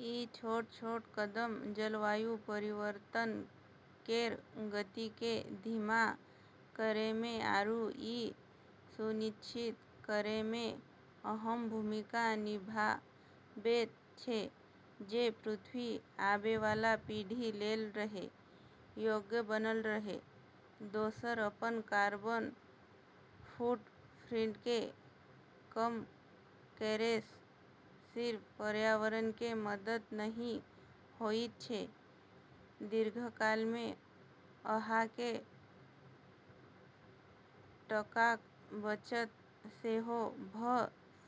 ई छोट-छोट कदम जलवायु परिवर्तन केर गतिकेँ धीमा करैमे आरू ई सुनिश्चित करैमे अहम भूमिका निभाबैत छै जे पृथ्वी आबैवाला पीढ़ी लेल रहै योग्य बनल रहै। दोसर, अपन कार्बन फुटप्रिंटकेँ कम करैसँ सिर्फ पर्यावरणकेँ मदद नहि होइत छै - दीर्घकालमे अहाँकेँ टकाक बचत सेहो भऽ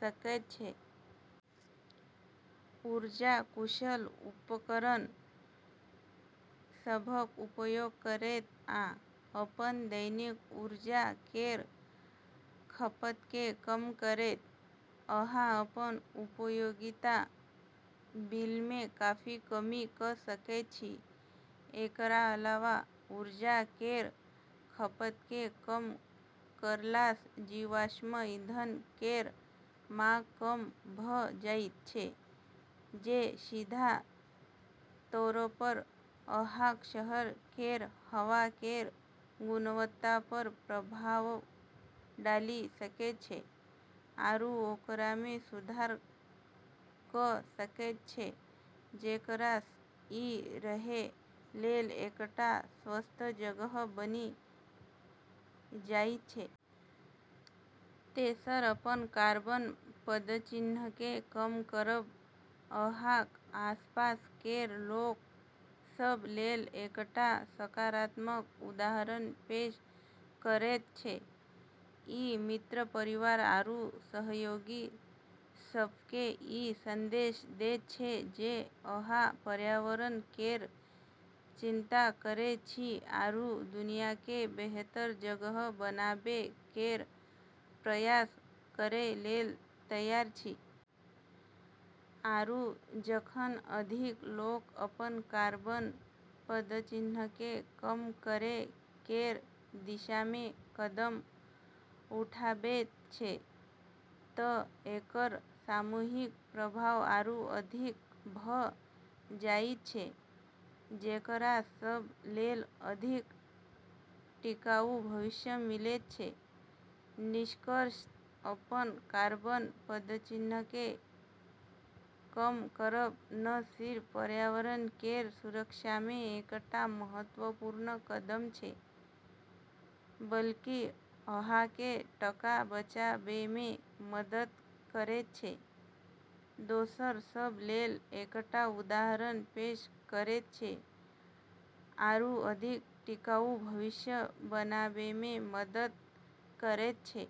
सकैत छै। ऊर्जा कुशल उपकरण सभक उपयोग करैत आ अपन दैनिक ऊर्जा केर खपतकेँ कम करैत, अहाँ अपन उपयोगिता बिलमे काफी कमी कऽ सकैत छी। एकरा अलावा ऊर्जा केर खपतकेँ कम करलासँ जीवाश्म ईंधन केर माँग कम भऽ जाइत छै, जे सीधा तौरपर अहाँक शहर केर हवा केर गुणवत्तापर प्रभाव डालि सकैत छै आरू ओकरामे सुधार कऽ सकैत छै, जेकरासँ ई रहै लेल एकटा स्वस्थ जगह बनि जाइत छै। तेसर, अपन कार्बन पदचिह्नकेँ कम करब अहाँक आसपास केर लोक सभ लेल एकटा सकारात्मक उदाहरण पेश करैत छै - ई मित्र, परिवार, आरू सहयोगी सभकेँ ई संदेश दैत छै जे अहाँ पर्यावरण केर चिंता करैत छी आरू दुनियाकेँ बेहतर जगह बनाबै केर प्रयास करै लेल तैयार छी। आरू, जखन अधिक लोक अपन कार्बन पदचिह्नकेँ कम करै केर दिशामे कदम उठाबैत छै, तऽ एकर सामूहिक प्रभाव आरू अधिक भऽ जाइत छै, जेकरासँ सब लेल अधिक टिकाऊ भविष्य मिलैत छै। निष्कर्षतः, अपन कार्बन पदचिह्नकेँ कम करब न सिर्फ पर्यावरण केर सुरक्षामे एकटा महत्वपूर्ण कदम छै बल्कि अहाँकेँ टका बचाबैमे मदद करैत छै, दोसर सभ लेल एकटा उदाहरण पेश करैत छै आरू अधिक टिकाऊ भविष्य बनाबैमे मदद करैत छै।